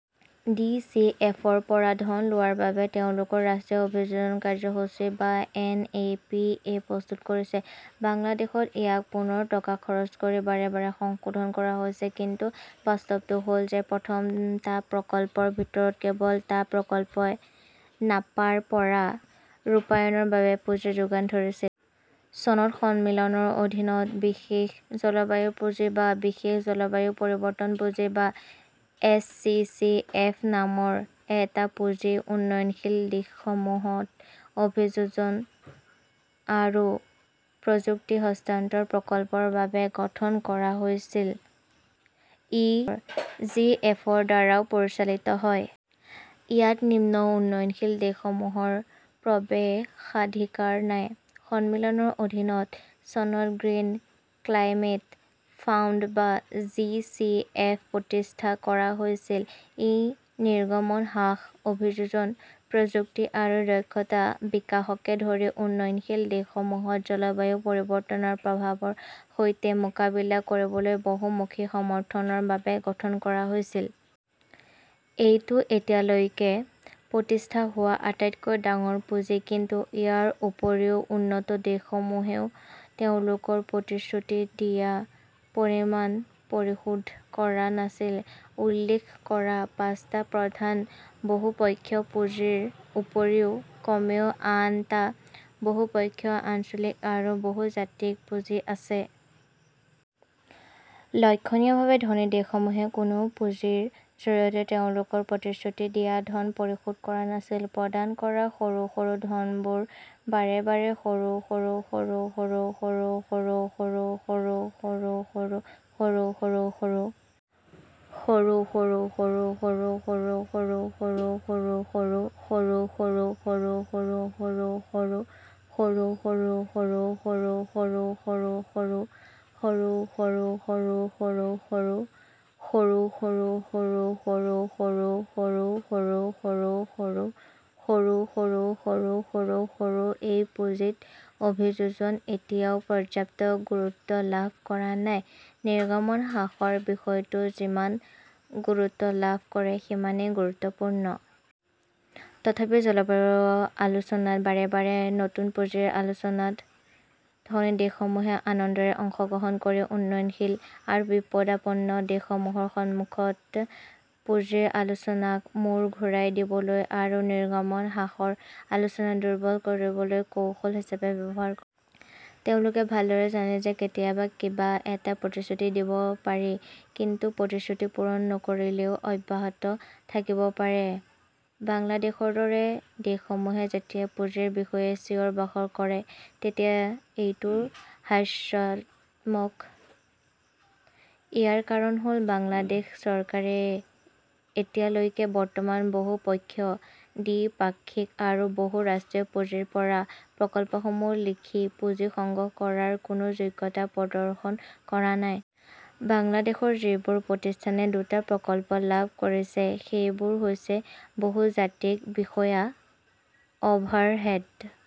D. C. F. -ৰ পৰা ধন লোৱাৰ বাবে তেওঁলোকৰ ৰাষ্ট্ৰীয় অভিযোজন কাৰ্যসূচী বা এন. এ. পি. এ. প্ৰস্তুত কৰিছে। বাংলাদেশত ইয়াক পুনৰ টকা খৰচ কৰি বাৰে বাৰে সংশোধন কৰা হৈছে। কিন্তু বাস্তৱটো হ "ল যে প্ৰথম টা প্ৰকল্পৰ ভিতৰত কেৱল এটা প্ৰকল্পই নাপাৰ পৰা ৰূপায়ণৰ বাবে পুঁজি যোগান ধৰিছিল। চনত সন্মিলনৰ অধীনত বিশেষ জলবায়ু পুঁজি বা বিশেষ জলবায়ু পৰিৱৰ্তন পুঁজি বা এছ. চি. চি. এফ. নামৰ এটা পুঁজি উন্নয়নশীল দেশসমূহত অভিযোজন আৰু প্ৰযুক্তি হস্তান্তৰ প্ৰকল্পৰ বাবে গঠন কৰা হৈছিল। ই জিইএফৰ দ্বাৰাও পৰিচালিত হয়। ইয়াত নিম্ন উন্নয়নশীল দেশসমূহৰ প্ৰৱেশাধিকাৰ নাই। সন্মিলনৰ অধীনত চনত গ্ৰীণ ক্লাইমেট ফাণ্ড বা জি. চি. এফ. প্ৰতিষ্ঠা কৰা হৈছিল। ই নিৰ্গমন হ্ৰাস, অভিযোজন, প্ৰযুক্তি আৰু দক্ষতা বিকাশকে ধৰি উন্নয়নশীল দেশসমূহত জলবায়ু পৰিৱৰ্তনৰ প্ৰভাৱৰ সৈতে মোকাবিলা কৰিবলৈ বহুমুখী সমৰ্থনৰ বাবে গঠন কৰা হৈছিল। এইটো এতিয়ালৈকে প্ৰতিষ্ঠা হোৱা আটাইতকৈ ডাঙৰ পুঁজি। কিন্তু ইয়াৰ উপৰিও উন্নত দেশসমূহেও তেওঁলোকৰ প্ৰতিশ্ৰুতি দিয়া পৰিমাণ পৰিশোধ কৰা নাছিল। উল্লেখ কৰা পাঁচটা প্ৰধান বহুপক্ষীয় পুঁজিৰ উপৰিও কমেও আন টা বহুপক্ষীয়, আঞ্চলিক আৰু বহুজাতিক পুঁজি আছে। লক্ষণীয়ভাৱে, ধনী দেশসমূহে কোনো পুঁজিৰ জৰিয়তে তেওঁলোকৰ প্ৰতিশ্ৰুতি দিয়া ধন পৰিশোধ কৰা নাছিল। প্ৰদান কৰা সৰু সৰু ধনবোৰ বাৰে বাৰে সৰু সৰু সৰু সৰু সৰু সৰু সৰু সৰু সৰু সৰু সৰু সৰু সৰু সৰু সৰু সৰু সৰু সৰু সৰু সৰু সৰু সৰু সৰু সৰু সৰু সৰু সৰু সৰু সৰু সৰু সৰু সৰু সৰু সৰু সৰু সৰু সৰু সৰু সৰু সৰু সৰু সৰু সৰু সৰু সৰু সৰু সৰু সৰু সৰু সৰু সৰু সৰু সৰু সৰু এই পুঁজিসমূহত অভিযোজন এতিয়াও পৰ্যাপ্ত গুৰুত্ব লাভ কৰা নাই, নিৰ্গমন হ্ৰাসৰ বিষয়টো যিমান গুৰুত্ব লাভ কৰে সিমানেই গুৰুত্বপূৰ্ণ। তথাপিও জলবায়ু আলোচনাত বাৰে বাৰে নতুন পুঁজিৰ আলোচনাত ধনী দেশসমূহে আনন্দৰে অংশগ্ৰহণ কৰি উন্নয়নশীল আৰু বিপদাপন্ন দেশসমূহৰ সন্মুখত পুঁজিৰ আলোচনাক মূৰ ঘূৰাই দিবলৈ আৰু নিৰ্গমন হ্ৰাসৰ আলোচনা দুৰ্বল কৰিবলৈ কৌশল হিচাপে ব্যৱহাৰ কৰে। তেওঁলোকে ভালদৰে জানে যে কেতিয়াবা কিবা এটা প্ৰতিশ্ৰুতি দিব পাৰি, কিন্তু প্ৰতিশ্ৰুতি পূৰণ নকৰিলেও অব্যাহত থাকিব পাৰে। বাংলাদেশৰ দৰে দেশসমূহে যেতিয়া পুঁজিৰ বিষয়ে চিঞৰ-বাখৰ কৰে তেতিয়া এইটো হাস্যৰসাত্মক। ইয়াৰ কাৰণ হ "ল বাংলাদেশ চৰকাৰে এতিয়ালৈকে বৰ্তমানৰ বহু-পক্ষীয়, দ্বিপাক্ষিক আৰু বহু-ৰাষ্ট্ৰীয় পুঁজিৰ পৰা প্ৰকল্পসমূহ লিখি পুঁজি সংগ্ৰহ কৰাৰ কোনো যোগ্যতা প্ৰদৰ্শন কৰা নাই। বাংলাদেশৰ যিবোৰ প্ৰতিষ্ঠানে দুটা প্ৰকল্প লাভ কৰিছে সেইবোৰ হৈছে বহুজাতিক বিষয়া, অভাৰহেড,